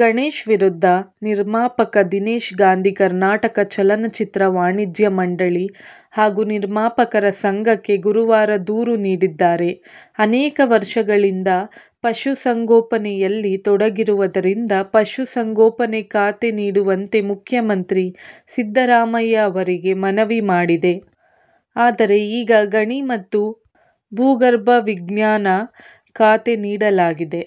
ಗಣೇಶ್ ವಿರುದ್ಧ ನಿರ್ಮಾಪಕ ದಿನೇಶ್ ಗಾಂಧಿ ಕರ್ನಾಟಕ ಚಲನಚಿತ್ರ ವಾಣಿಜ್ಯ ಮಂಡಳಿ ಹಾಗೂ ನಿರ್ಮಾಪಕರ ಸಂಘಕ್ಕೆ ಗುರುವಾರ ದೂರು ನೀಡಿದ್ದಾರೆ. ಅನೇಕ ವರ್ಷಗಳಿಂದ ಪಶುಸಂಗೋಪನೆಯಲ್ಲಿ ತೊಡಗಿರುವುದರಿಂದ ಪಶುಸಂಗೋಪನೆ ಖಾತೆ ನೀಡುವಂತೆ ಮುಖ್ಯಮಂತ್ರಿ ಸಿದ್ದರಾಮಯ್ಯ ಅವರಿಗೆ ಮನವಿ ಮಾಡಿದ್ದೆ. ಆದರೆ ಈಗ ಗಣಿ ಮತ್ತು ಭೂಗರ್ಭ ವಿಜ್ಞಾನ ಖಾತೆ ನೀಡಲಾಗಿದೆ.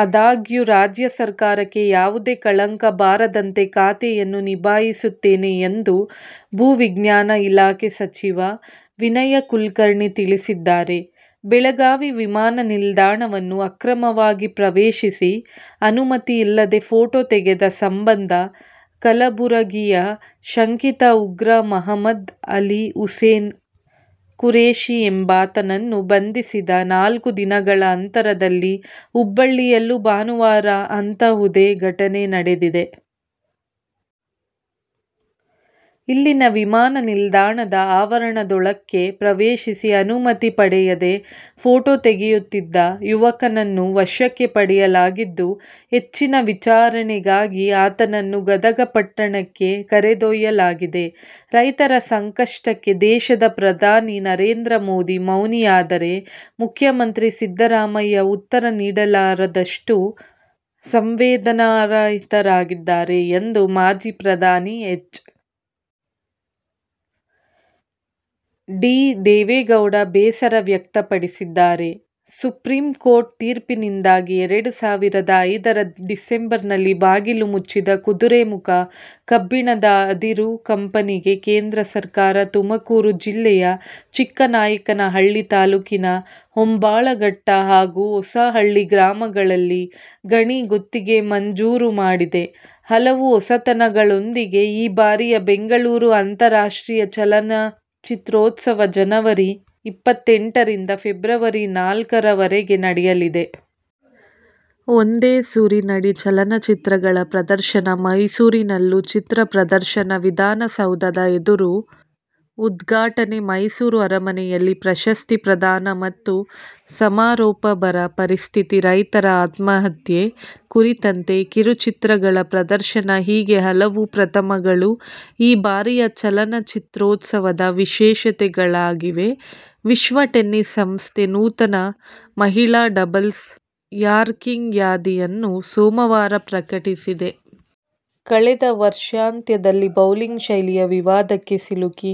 ಆದಾಗ್ಯೂ ರಾಜ್ಯ ಸರ್ಕಾರಕ್ಕೆ ಯಾವುದೇ ಕಳಂಕ ಬಾರದಂತೆ ಖಾತೆಯನ್ನು ನಿಭಾಯಿಸುತ್ತೇನೆ ಎಂದು ಭೂವಿಜ್ಞಾನ ಇಲಾಖೆ ಸಚಿವ ವಿನಯ ಕುಲಕರ್ಣಿ ತಿಳಿಸಿದ್ದಾರೆ. ಬೆಳಗಾವಿ ವಿಮಾನ ನಿಲ್ದಾಣವನ್ನು ಅಕ್ರಮವಾಗಿ ಪ್ರವೇಶಿಸಿ ಅನುಮತಿ ಇಲ್ಲದೇ ಫೋಟೋ ತೆಗೆದ ಸಂಬಂಧ ಕಲಬುರಗಿಯ ಶಂಕಿತ ಉಗ್ರ ಮಹಮ್ಮದ್ ಅಲಿ ಹುಸೇನ್ ಖುರೇಶಿ ಎಂಬಾತನನ್ನು ಬಂಧಿಸಿದ ನಾಲ್ಕು ದಿನಗಳ ಅಂತರದಲ್ಲಿ ಹುಬ್ಬಳ್ಳಿಯಲ್ಲೂ ಭಾನುವಾರ ಅಂತಹುದೇ ಘಟನೆ ನಡೆದಿದೆ. ಇಲ್ಲಿನ ವಿಮಾನ ನಿಲ್ದಾಣದ ಆವರಣದೊಳಕ್ಕೆ ಪ್ರವೇಶಿಸಿ ಅನುಮತಿ ಪಡೆಯದೇ ಫೋಟೋ ತೆಗೆಯುತ್ತಿದ್ದ ಯುವಕನನ್ನು ವಶಕ್ಕೆ ಪಡೆಯಲಾಗಿದ್ದು ಹೆಚ್ಚಿನ ವಿಚಾರಣೆಗಾಗಿ ಆತನನ್ನು ಗದಗ ಪಟ್ಟಣಕ್ಕೆ ಕರೆದೊಯ್ಯಲಾಗಿದೆ. ರೈತರ ಸಂಕಷ್ಟಕ್ಕೆ ದೇಶದ ಪ್ರಧಾನಿ ನರೇಂದ್ರ ಮೋದಿ ಮೌನಿಯಾದರೆ ಮುಖ್ಯಮಂತ್ರಿ ಸಿದ್ದರಾಮಯ್ಯ ಉತ್ತರ ನೀಡಲಾರದಷ್ಟು ಸಂವೇದನಾರಹಿತರಾಗಿದ್ದಾರೆ ಎಂದು ಮಾಜಿ ಪ್ರಧಾನಿ ಎಚ್. ಡಿ. ದೇವೇಗೌಡ ಬೇಸರ ವ್ಯಕ್ತಪಡಿಸಿದ್ದಾರೆ. ಸುಪ್ರೀಂಕೋರ್ಟ್ ತೀರ್ಪಿನಿಂದಾಗಿ ಎರಡು ಸಾವಿರದ ಐದರ ಡಿಸೆಂಬರ್‌ನಲ್ಲಿ ಬಾಗಿಲು ಮುಚ್ಚಿದ ಕುದುರೆಮುಖ ಕಬ್ಬಿಣದ ಅದಿರು ಕಂಪನಿಗೆ ಕೇಂದ್ರ ಸರ್ಕಾರ ತುಮಕೂರು ಜಿಲ್ಲೆಯ ಚಿಕ್ಕನಾಯಕನಹಳ್ಳಿ ತಾಲೂಕಿನ ಹೊಂಬಾಳಘಟ್ಟ ಹಾಗೂ ಹೊಸಹಳ್ಳಿ ಗ್ರಾಮಗಳಲ್ಲಿ ಗಣಿ ಗುತ್ತಿಗೆ ಮಂಜೂರು ಮಾಡಿದೆ. ಹಲವು ಹೊಸತನಗಳೊಂದಿಗೆ ಈ ಬಾರಿಯ ಬೆಂಗಳೂರು ಅಂತಾರಾಷ್ಟ್ರೀಯ ಚಲನಚಿತ್ರೋತ್ಸವ ಜನವರಿ ಇಪ್ಪತ್ತೆಂಟರಿಂದ ಫೆಬ್ರವರಿ ನಾಲ್ಕರವರೆಗೆ ನಡೆಯಲಿದೆ. ಒಂದೇ ಸೂರಿನಡಿ ಚಲನಚಿತ್ರಗಳ ಪ್ರದರ್ಶನ ಮೈಸೂರಿನಲ್ಲೂ ಚಿತ್ರಪ್ರದರ್ಶನ ವಿಧಾನಸೌಧದ ಎದುರು ಉದ್ಘಾಟನೆ ಮೈಸೂರು ಅರಮನೆಯಲ್ಲಿ ಪ್ರಶಸ್ತಿ ಪ್ರದಾನ ಮತ್ತು ಸಮಾರೋಪ ಬರ ಪರಿಸ್ಥಿತಿ ರೈತರ ಆತ್ಮಹತ್ಯೆ ಕುರಿತಂತೆ ಕಿರುಚಿತ್ರಗಳ ಪ್ರದರ್ಶನ ಹೀಗೆ ಹಲವು ಪ್ರಥಮಗಳು ಈ ಬಾರಿಯ ಚಲನಚಿತ್ರೋತ್ಸವದ ವಿಶೇಷತೆಗಳಾಗಿವೆ. ವಿಶ್ವ ಟೆನಿಸ್ ಸಂಸ್ಥೆ ನೂತನ ಮಹಿಳಾ ಡಬಲ್ಸ್ ರ್ಯಾಂಕಿಂಗ್ ಯಾದಿಯನ್ನು ಸೋಮವಾರ ಪ್ರಕಟಿಸಿದೆ. ಕಳೆದ ವರ್ಷಾಂತ್ಯದಲ್ಲಿ ಬೌಲಿಂಗ್ ಶೈಲಿಯ ವಿವಾದಕ್ಕೆ ಸಿಲುಕಿ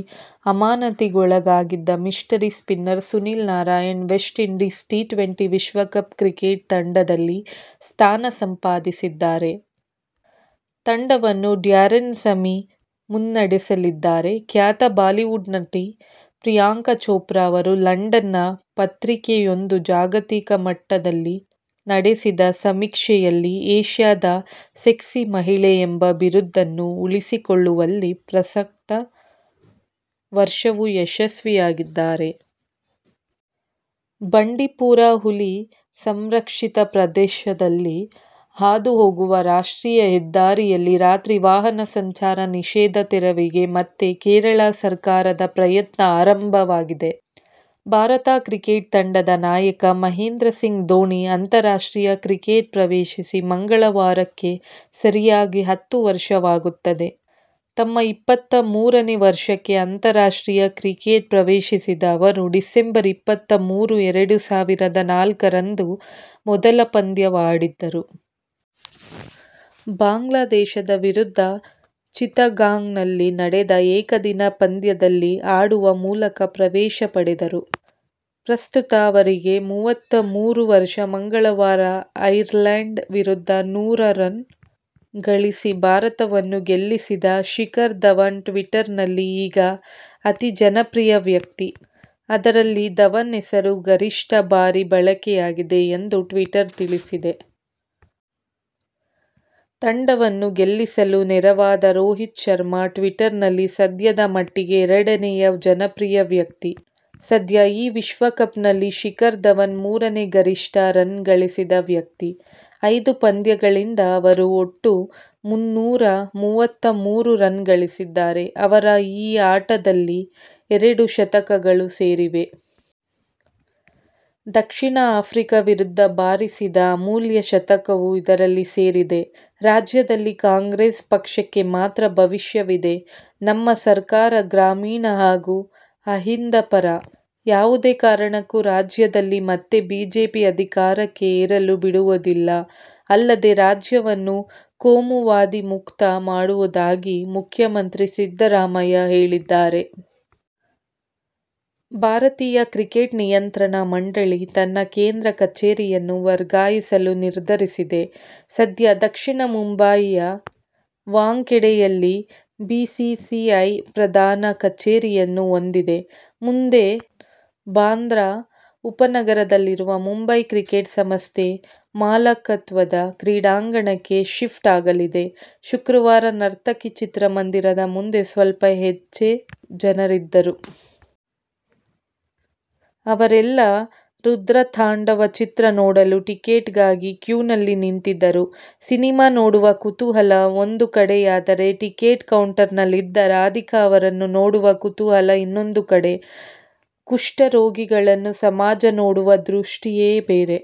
ಅಮಾನತಿಗೊಳಗಾಗಿದ್ದ mystery spinner Sunil Narine West Indies T twenty ವಿಶ್ವಕಪ್ ಕ್ರಿಕೆಟ್ ತಂಡದಲ್ಲಿ ಸ್ಥಾನ ಸಂಪಾದಿಸಿದ್ದಾರೆ. ತಂಡವನ್ನು ಡ್ಯಾರನ್ ಸಮ್ಮಿ ಮುನ್ನಡೆಸಲಿದ್ದಾರೆ. ಖ್ಯಾತ ಬಾಲಿವುಡ್ ನಟಿ ಪ್ರಿಯಾಂಕಾ ಚೋಪ್ರಾ ಅವರು ಲಂಡನ್‌ನ ಪತ್ರಿಕೆಯೊಂದು ಜಾಗತಿಕ ಮಟ್ಟದಲ್ಲಿ ನಡೆಸಿದ ಸಮೀಕ್ಷೆಯಲ್ಲಿ ಏಷ್ಯಾದ ಸೆಕ್ಸಿ ಮಹಿಳೆ ಎಂಬ ಬಿರುದನ್ನು ಉಳಿಸಿಕೊಳ್ಳುವಲ್ಲಿ ಪ್ರಸಕ್ತ ವರ್ಷವೂ ಯಶಸ್ವಿಯಾಗಿದ್ದಾರೆ. ಬಂಡೀಪುರ ಹುಲಿ ಸಂರಕ್ಷಿತ ಪ್ರದೇಶದಲ್ಲಿ ಹಾದು ಹೋಗುವ ರಾಷ್ಟ್ರೀಯ ಹೆದ್ದಾರಿಯಲ್ಲಿ ರಾತ್ರಿ ವಾಹನ ಸಂಚಾರ ನಿಷೇಧ ತೆರವಿಗೆ ಮತ್ತೆ ಕೇರಳ ಸರ್ಕಾರದ ಪ್ರಯತ್ನ ಆರಂಭವಾಗಿದೆ. ಭಾರತ ಕ್ರಿಕೆಟ್ ತಂಡದ ನಾಯಕ ಮಹೇಂದ್ರಸಿಂಗ್ ಧೋನಿ ಅಂತಾರಾಷ್ಟ್ರೀಯ ಕ್ರಿಕೆಟ್ ಪ್ರವೇಶಿಸಿ ಮಂಗಳವಾರಕ್ಕೆ ಸರಿಯಾಗಿ ಹತ್ತು ವರ್ಷವಾಗುತ್ತದೆ. ತಮ್ಮ ಇಪ್ಪತ್ತಮೂರನೇ ವರ್ಷಕ್ಕೆ ಅಂತಾರಾಷ್ಟ್ರೀಯ ಕ್ರಿಕೆಟ್ ಪ್ರವೇಶಿಸಿದ ಅವರು ಡಿಸೆಂಬರ್ ಇಪ್ಪತ್ತಮೂರು ಎರಡು ಸಾವಿರದ ನಾಲ್ಕರಂದು ಮೊದಲ ಪಂದ್ಯವಾಡಿದ್ದರು. ಬಾಂಗ್ಲಾದೇಶದ ವಿರುದ್ಧ ಚಿತ್ತಗಾಂಗ್‌ನಲ್ಲಿ ನಡೆದ ಏಕದಿನ ಪಂದ್ಯದಲ್ಲಿ ಆಡುವ ಮೂಲಕ ಪ್ರವೇಶ ಪಡೆದರು. ಪ್ರಸ್ತುತ ಅವರಿಗೆ ಮೂವತ್ತಮೂರು ವರ್ಷ. ಮಂಗಳವಾರ ಐರ್ಲೆಂಡ್ ವಿರುದ್ಧ ನೂರು ರನ್ ಗಳಿಸಿ ಭಾರತವನ್ನು ಗೆಲ್ಲಿಸಿದ ಶಿಖರ್ ಧವನ್ ಟ್ವಿಟರ್‌ನಲ್ಲಿ ಈಗ ಅತಿ ಜನಪ್ರಿಯ ವ್ಯಕ್ತಿ. ಅದರಲ್ಲಿ ಧವನ್ ಹೆಸರು ಗರಿಷ್ಠ ಬಾರಿ ಬಳಕೆಯಾಗಿದೆ ಎಂದು ಟ್ವಿಟರ್ ತಿಳಿಸಿದೆ. ತಂಡವನ್ನು ಗೆಲ್ಲಿಸಲು ನೆರವಾದ ರೋಹಿತ್ ಶರ್ಮಾ ಟ್ವಿಟರ್‌ನಲ್ಲಿ ಸದ್ಯದ ಮಟ್ಟಿಗೆ ಎರಡನೇ ಜನಪ್ರಿಯ ವ್ಯಕ್ತಿ. ಸದ್ಯ ಈ ವಿಶ್ವಕಪ್‌ನಲ್ಲಿ ಶಿಖರ್ ಧವನ್ ಮೂರನೇ ಗರಿಷ್ಠ ರನ್ ಗಳಿಸಿದ ವ್ಯಕ್ತಿ. ಐದು ಪಂದ್ಯಗಳಿಂದ ಅವರು ಒಟ್ಟು ಮುನ್ನೂರ ಮೂವತ್ತಮೂರು ರನ್ ಗಳಿಸಿದ್ದಾರೆ. ಅವರ ಈ ಆಟದಲ್ಲಿ ಎರಡು ಶತಕಗಳು ಸೇರಿವೆ. ದಕ್ಷಿಣ ಆಫ್ರಿಕಾ ವಿರುದ್ಧ ಬಾರಿಸಿದ ಅಮೂಲ್ಯ ಶತಕವೂ ಇದರಲ್ಲಿ ಸೇರಿದೆ. ರಾಜ್ಯದಲ್ಲಿ ಕಾಂಗ್ರೆಸ್ ಪಕ್ಷಕ್ಕೆ ಮಾತ್ರ ಭವಿಷ್ಯವಿದೆ. ನಮ್ಮ ಸರ್ಕಾರ ಗ್ರಾಮೀಣ ಹಾಗೂ ಅಹಿಂದ ಪರ. ಯಾವುದೇ ಕಾರಣಕ್ಕೂ ರಾಜ್ಯದಲ್ಲಿ ಮತ್ತೆ ಬಿಜೆಪಿ ಅಧಿಕಾರಕ್ಕೆ ಏರಲು ಬಿಡುವುದಿಲ್ಲ. ಅಲ್ಲದೇ ರಾಜ್ಯವನ್ನು ಕೋಮುವಾದಿ ಮುಕ್ತ ಮಾಡುವುದಾಗಿ ಮುಖ್ಯಮಂತ್ರಿ ಸಿದ್ಧರಾಮಯ್ಯ ಹೇಳಿದ್ದಾರೆ. ಭಾರತೀಯ ಕ್ರಿಕೆಟ್ ನಿಯಂತ್ರಣ ಮಂಡಳಿ ತನ್ನ ಕೇಂದ್ರ ಕಚೇರಿಯನ್ನು ವರ್ಗಾಯಿಸಲು ನಿರ್ಧರಿಸಿದೆ. ಸದ್ಯ ದಕ್ಷಿಣ ಮುಂಬಯಿಯ ವಾಂಖೆಡೆಯಲ್ಲಿ ಬಿಸಿಸಿಐ ಪ್ರಧಾನ ಕಚೇರಿಯನ್ನು ಹೊಂದಿದೆ. ಮುಂದೆ ಬಾಂದ್ರಾ ಉಪನಗರದಲ್ಲಿರುವ ಮುಂಬೈ ಕ್ರಿಕೆಟ್ ಸಂಸ್ಥೆ ಮಾಲಕತ್ವದ ಕ್ರೀಡಾಂಗಣಕ್ಕೆ ಶಿಫ್ಟ್ ಆಗಲಿದೆ. ಶುಕ್ರವಾರ ನರ್ತಕಿ ಚಿತ್ರಮಂದಿರದ ಮುಂದೆ ಸ್ವಲ್ಪ ಹೆಚ್ಚೇ ಜನರಿದ್ದರು. ಅವರೆಲ್ಲ ರುದ್ರತಾಂಡವ ಚಿತ್ರ ನೋಡಲು ಟಿಕೆಟ್ಗಾಗಿ ಕ್ಯೂನಲ್ಲಿ ನಿಂತಿದ್ದರು. ಸಿನಿಮಾ ನೋಡುವ ಕುತೂಹಲ ಒಂದು ಕಡೆಯಾದರೆ ಟಿಕೆಟ್ ಕೌಂಟರ್‌ನಲ್ಲಿದ್ದ ರಾಧಿಕಾ ಅವರನ್ನು ನೋಡುವ ಕುತೂಹಲ ಇನ್ನೊಂದು ಕಡೆ. ಕುಷ್ಠರೋಗಿಗಳನ್ನು ಸಮಾಜ ನೋಡುವ ದೃಷ್ಟಿಯೇ ಬೇರೆ.